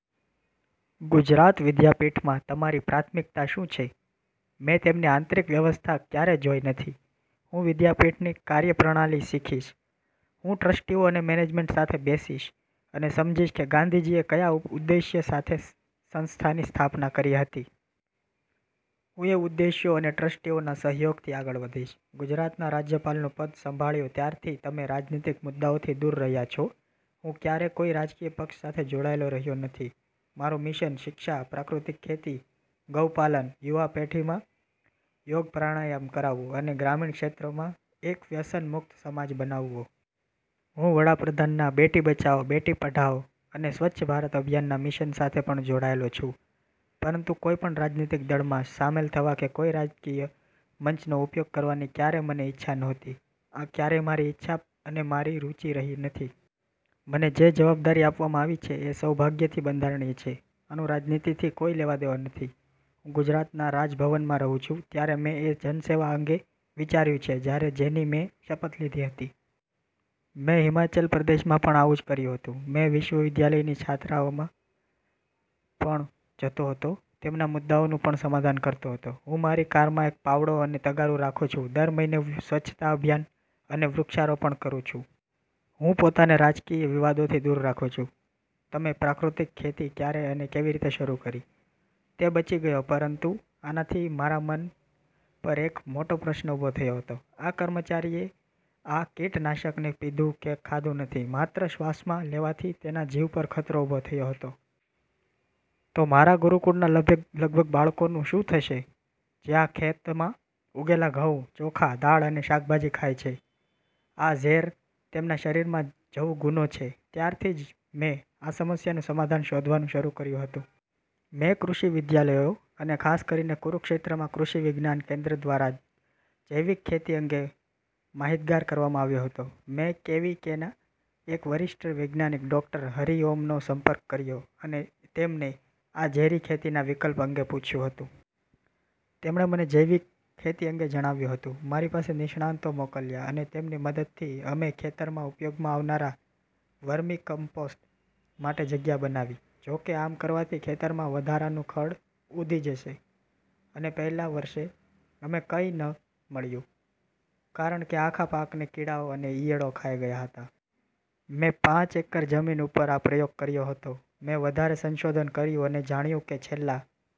ગુજરાત વિદ્યાપીઠમાં તમારી પ્રાથમિક્તા શું છે? મેં તેમની આંતરિક વ્યવસ્થા ક્યારે જોઈ નથી. હું વિદ્યાપીઠની કાર્યપ્રણાલી સિખીશ. હું ટ્રસ્ટીઓ અને મેનેજમેન્ટ સાથે બેસીશ અને સમજીશ કે ગાંધીજીએ કયા ઉદેશ્ય સાથે સંસ્થાની સ્થાપના કરી હતી. હું એ ઉદેશ્યો અને ટ્રસ્ટીઓના સહયોગથી આગળ વધીશ. ગુજરાતના રાજ્યપાલનું પદ સંભાળ્યું ત્યારથી તમે રાજનીતિક મુદ્દાઓથી દૂર રહ્યા છો હું ક્યારે કોઈ રાજકીય પક્ષ સાથે જોડાયેલો રહ્યો નથી. મારું મિશન શિક્ષા, પ્રાકૃતિક ખેતી, ગૌપાલન, યુવા પેઠીમાં યોગ પ્રાણાયામ કરાવવું અને ગ્રામીણ ક્ષેત્રોમાં એક વ્યસન મુક્ત સમાજ બનાવવો. હું વડાપ્રધાનના બેટી બચાઓ, બેટી પઢાઓ અને સ્વચ્છ ભારત અભિયાનના મિશન સાથે પણ જોડાયેલો છું. પરંતુ કોઈપણ રાજનીતિક દળમાં સામેલ થવા કે કોઈ રાજકીય મંચનો ઉપયોગ કરવાની ક્યારે મારી ઈચ્છા ન્હોતી. આ ક્યારેય મારી ઇચ્છા અને મારી રુચી રહી નથી. મને જે જવાબદારી આપવામાં આવી છે એ સૌભાગ્યથી બંધારણીય છે. આનું રાજનીતિથી કોઈ લેવા-દેવા નથી. હું ગુજરાતના રાજભવનમાં રહું છું ત્યારે મેં એ જનસેવા અંગે વિચાર્યું છે જ્યારે જેની મેં શપથ લીધી હતી. મેં હિમાચલ પ્રદેશમાં પણ આવું જ કર્યું હતું. મેં વિશ્વવિદ્યાલયની છાત્રાલયોમાં પણ જતો હતો. તેમના મુદ્દાઓનું પણ સમાધાન કરતો હતો. હું મારી કારમાં એક પાવડો અને તગારું રાખું છું. દર મહિને હું સ્વચ્છતા અભિયાન અને વૃક્ષારોપણ કરું છું. હું પોતાને રાજકીય વિવાદોથી દૂર રાખું છું. તમે પ્રાકૃતિક ખેતી ક્યારે અને કેવી રીતે શરૂ કરી? તે બચી ગયો પરંતુ આનાથી મારા મન પર એક મોટો પ્રશ્ન ઊભો થયો હતો. આ કર્મચારીએ આ કીટનાશકને પીધું કે ખાધું નથી માત્ર શ્વાસમાં લેવાથી તેના જીવ પર ખતરો ઊભો થયો હતો. તો મારા ગુરુકુળના લગભગ બાળકોનું શું થશે જે આ ખેતમાં ઉગેલા ઘઉં, ચોખા, દાળ અને શાકભાજી ખાય છે. આ ઝેર તેમના શરીરમાં જવું ગુનો છે. ત્યારથી જ મેં આ સમસ્યાનું સમાધાન શોધવાનું શરું કર્યું હતું. મેં કૃષિ વિશ્વવિદ્યાલયો અને ખાસ કરીને કુરુક્ષેત્રમાં કૃષિ વિજ્ઞાન કેન્દ્ર દ્વારા જૈવિક ખેતી અંગે માહિતગાર કરવામાં આવ્યો હતો. મેં કેવીકેના એક વરિષ્ઠ વૈજ્ઞાનિક ડો. હરિઓમનો સંપર્ક કર્યો અને તેમને આ ઝેરી ખેતીના વિકલ્પ અંગે પૂછ્યું હતું. તેમણે મને જૈવિક ખેતી અંગે જણાવ્યું હતું. મારી પાસે નિષ્ણાંતો મોકલ્યા અને તેમની મદદથી અમે ખેતરમાં ઉપયોગમાં આવનારા વર્મીકમ્પોસ્ટ માટે જગ્યા બનાવી. જોકે, આમ કરવાથી ખેતરમાં વધારાનું ખડ ઉઘી જશે અને પહેલા વર્ષે અમે કંઈ ન મળ્યું કારણ કે આખા પાકને કીડાઓ અને ઇયળો ખાઈ ગયા હતા. મેં પાંચ એકર જમીન ઉપર આ પ્રયોગ કર્યો હતો. મેં વધારે સંશોધન કર્યું અને જાણ્યું કે છેલ્લા